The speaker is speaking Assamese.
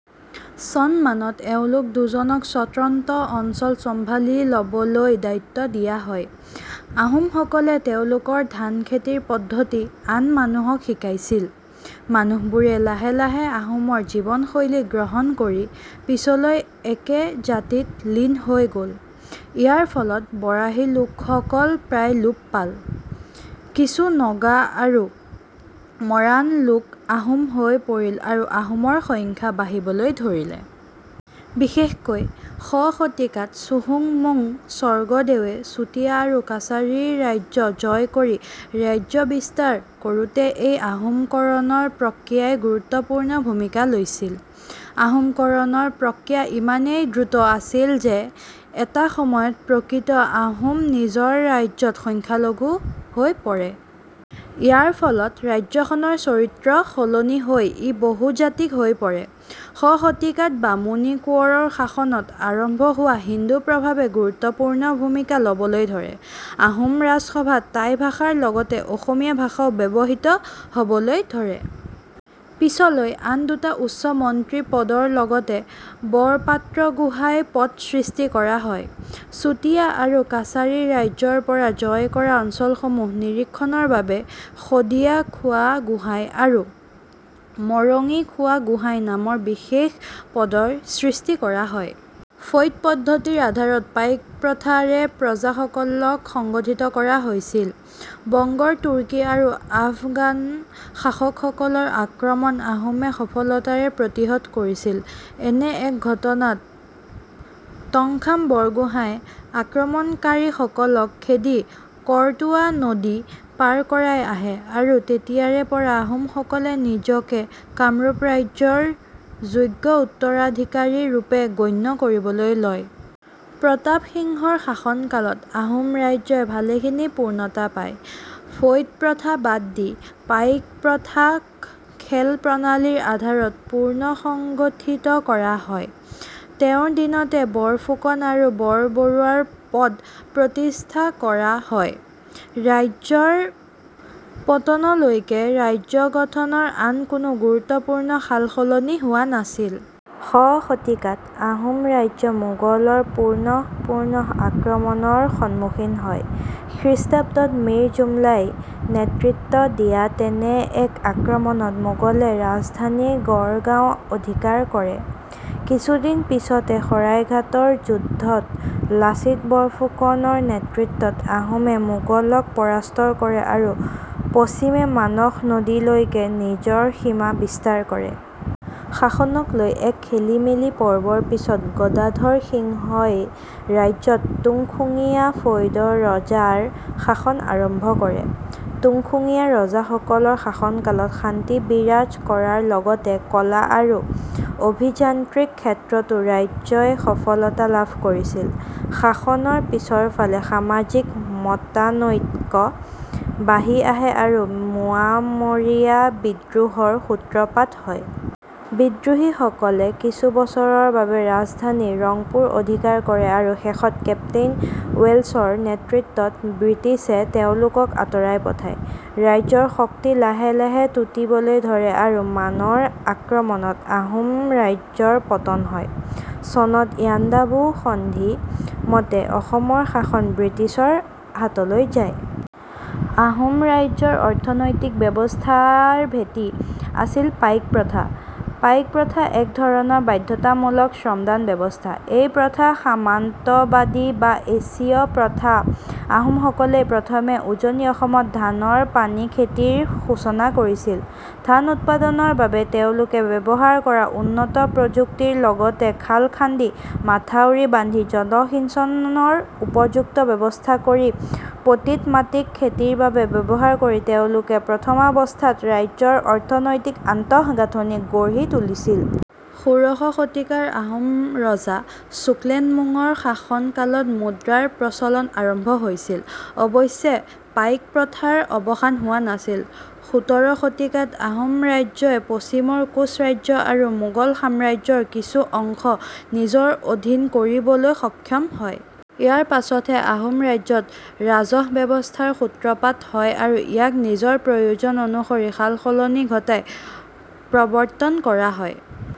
চনমানত এওঁলোক দুজনক স্বতন্ত্ৰ অঞ্চল চম্ভালি ল'বলৈ দায়িত্ব দিয়া হয়। আহোমসকলে তেওঁলোকৰ ধান খেতিৰ পদ্ধতি আন মানুহক শিকাইছিল। মানুহবোৰে লাহে লাহে আহোমৰ জীৱনশৈলী গ্ৰহণ কৰি পিছলৈ একে জাতিত লীন হৈ গ'ল। ইয়াৰ ফলত বৰাহী লোকসকল প্ৰায় লোপ পাল; কিছু নগা আৰু মৰাণ লোক আহোম হৈ পৰিল আৰু আহোমৰ সংখ্যা বাঢ়িবলৈ ধৰিলে। বিশেষকৈ শ শতিকাত চুহুংমুং স্বৰ্গদেৱে চুতীয়া আৰু কছাৰী ৰাজ্য জয় কৰি ৰাজ্য বিস্তাৰ কৰোঁতে এই আহোমকৰণৰ প্ৰক্ৰিয়াই গুৰুত্বপূৰ্ণ ভূমিকা লৈছিল। আহোমকৰণৰ প্ৰক্ৰিয়া ইমানেই দ্ৰুত আছিল যে এটা সময়ত প্ৰকৃত আহোম নিজৰ ৰাজ্যত সংখ্যালঘু হৈ পৰে। ইয়াৰ ফলত ৰাজ্যখনৰ চৰিত্ৰ সলনি হৈ ই বহুজাতিক হৈ পৰে। শ শতিকাত বামুণী কোঁৱৰৰ শাসনত আৰম্ভ হোৱা হিন্দু প্ৰভাৱে গুৰুত্বপূৰ্ণ ভূমিকা ল'বলৈ ধৰে। আহোম ৰাজসভাত টাই ভাষা ৰ লগতে অসমীয়া ভাষা ও ব্যৱহৃত হ'বলৈ ধৰে। পিছলৈ আন দুটা উচ্চ মন্ত্ৰী পদৰ লগতে বৰপাত্ৰগোহাঁই পদ সৃষ্টি কৰা হয়। চুতীয়া আৰু কছাৰী ৰাজ্যৰ পৰা জয় কৰা অঞ্চলসমূহ নিৰীক্ষণৰ বাবে "শদিয়াখোৱা গোহাঁই" আৰু "মৰঙীখোৱা গোহাঁই" নামৰ বিশেষ পদৰ সৃষ্টি কৰা হয়। ফৈদ পদ্ধতিৰ আধাৰত পাইক প্ৰথা ৰে প্ৰজাসকলক সংগঠিত কৰা হৈছিল। বংগৰ তুৰ্কী আৰু আফগান শাসকসকলৰ আক্ৰমণ আহোমে সফলতাৰে প্ৰতিহত কৰিছিল। এনে এক ঘটনাত টংখাম বৰগোহাঁয়ে আক্ৰমণকাৰীসকলক খেদি কৰতোৱা নদী পাৰ কৰাই আহে, আৰু তেতিয়াৰেপৰা আহোমসকলে নিজকে কামৰূপ ৰাজ্য ৰ যোগ্য উত্তৰাধিকাৰীৰূপে গণ্য কৰিবলৈ লয়। প্ৰতাপ সিংহ ৰ শাসনকালত আহোম ৰাজ্যই ভালেখিনি পূৰ্ণতা পায়। "ফৈদ প্ৰথা" বাদ দি পাইক প্ৰথা ক "খেল" প্ৰণালীৰ আধাৰত পুনৰ্সংগঠিত কৰা হয়। তেওঁৰ দিনতে বৰফুকন আৰু বৰবৰুৱা ৰ পদ প্ৰতিষ্ঠা কৰা হয়। ৰাজ্যৰ পতনলৈকে ৰাজ্যগঠনৰ আন কোনো গুৰুত্বপূৰ্ণ সালসলনি হোৱা নাছিল। শ শতিকাত আহোম ৰাজ্য মোগল ৰ পুনঃ পুনঃ আক্ৰমণৰ সন্মুখীন হয়। খ্ৰীষ্টাব্দত মীৰ জুমলা ই নেতৃত্ব দিয়া তেনে এক আক্ৰমণত মোগলে ৰাজধানী গড়গাওঁ অধিকাৰ কৰে। কিছুদিন পিছতে শৰাইঘাটৰ যুদ্ধ ত লাচিত বৰফুকন ৰ নেতৃত্বত আহোমে মোগলক পৰাস্ত কৰে আৰু পশ্চিমে মানস নদীলৈকে নিজৰ সীমা বিস্তাৰ কৰে। শাসনক লৈ এক খেলিমেলি পৰ্বৰ পিছত গদাধৰ সিংহ ই ৰাজ্যত তুংখুঙীয়া ফৈদৰ ৰজাৰ শাসন আৰম্ভ কৰে। তুংখুঙীয়া ৰজাসকলৰ শাসনকালত শান্তি বিৰাজ কৰাৰ লগতে কলা আৰু অভিযান্ত্ৰিক ক্ষেত্ৰতো ৰাজ্যই সফলতা লাভ কৰিছিল। শাসনৰ পিছৰফালে সামাজিক মতানৈক্য বাঢ়ি আহে আৰু মোৱামৰীয়া বিদ্ৰোহ ৰ সূত্ৰপাত হয়। বিদ্ৰোহীসকলে কিছুবছৰৰ বাবে ৰাজধানী ৰংপুৰ অধিকাৰ কৰে আৰু শেষত কেপ্তেইন ৱেল্ছৰ নেতৃত্বত ব্ৰিটিছে তেওঁলোকক আঁতৰাই পঠায়। ৰাজ্যৰ শক্তি লাহে লাহে টুটিবলৈ ধৰে আৰু মানৰ আক্ৰমণত আহোম ৰাজ্যৰ পতন হয়। চনত ইয়াণ্ডাবু সন্ধি মতে অসমৰ শাসন ব্ৰিটিছৰ হাতলৈ যায়। আহোম ৰাজ্যৰ অৰ্থনৈতিক ব্যৱস্থাৰ ভেঁটি আছিল পাইক প্ৰথা। পাইক প্ৰথা এক ধৰণৰ 'বাধ্যতামূলক শ্ৰমদান ব্যৱস্থা'। এই প্ৰথা সামন্তবাদী বা এছীয়-প্ৰথা আহোমসকলেই প্ৰথমে উজনি অসমত ধানৰ পানী খেতি ৰ সূচনা কৰিছিল। ধান উৎপাদনৰ বাবে তেওঁলোকে ব্যৱহাৰ কৰা উন্নত প্ৰযুক্তিৰ লগতে খাল-খান্দি, মথাউৰি বান্ধি জলসিঞ্চনৰ উপযুক্ত ব্যৱস্থা কৰি পতিত মাটিক খেতিৰ বাবে ব্যৱহাৰ কৰি তেওঁলোকে প্ৰথমাৱস্থাত ৰাজ্যৰ অৰ্থনৈতিক আন্তঃগাঁঠনি গঢ়ি তুলিছিল। যোড়শ শতিকাৰ আহোম ৰজা ছুক্লেনমুঙ ৰ শাসন কালত মুদ্ৰাৰ প্ৰচলন আৰম্ভ হৈছিল। অৱশ্যে পাইক প্ৰথাৰ অৱসান হোৱা নাছিল। সোতৰ শতিকাত আহোম ৰাজ্যই পশ্চিমৰ কোচ ৰাজ্য আৰু মোগল সাম্ৰাজ্য ৰ কিছু অংশ নিজৰ অধীন কৰিবলৈ সক্ষম হয়। ইয়াৰ পাছতহে আহোম ৰাজ্যত ৰাজহ-ব্যৱস্থা ৰ সূত্ৰপাত হয় আৰু ইয়াক নিজৰ প্ৰয়োজন অনুসৰি সাল-সলনি ঘটাই প্ৰৱৰ্তন কৰা হয়।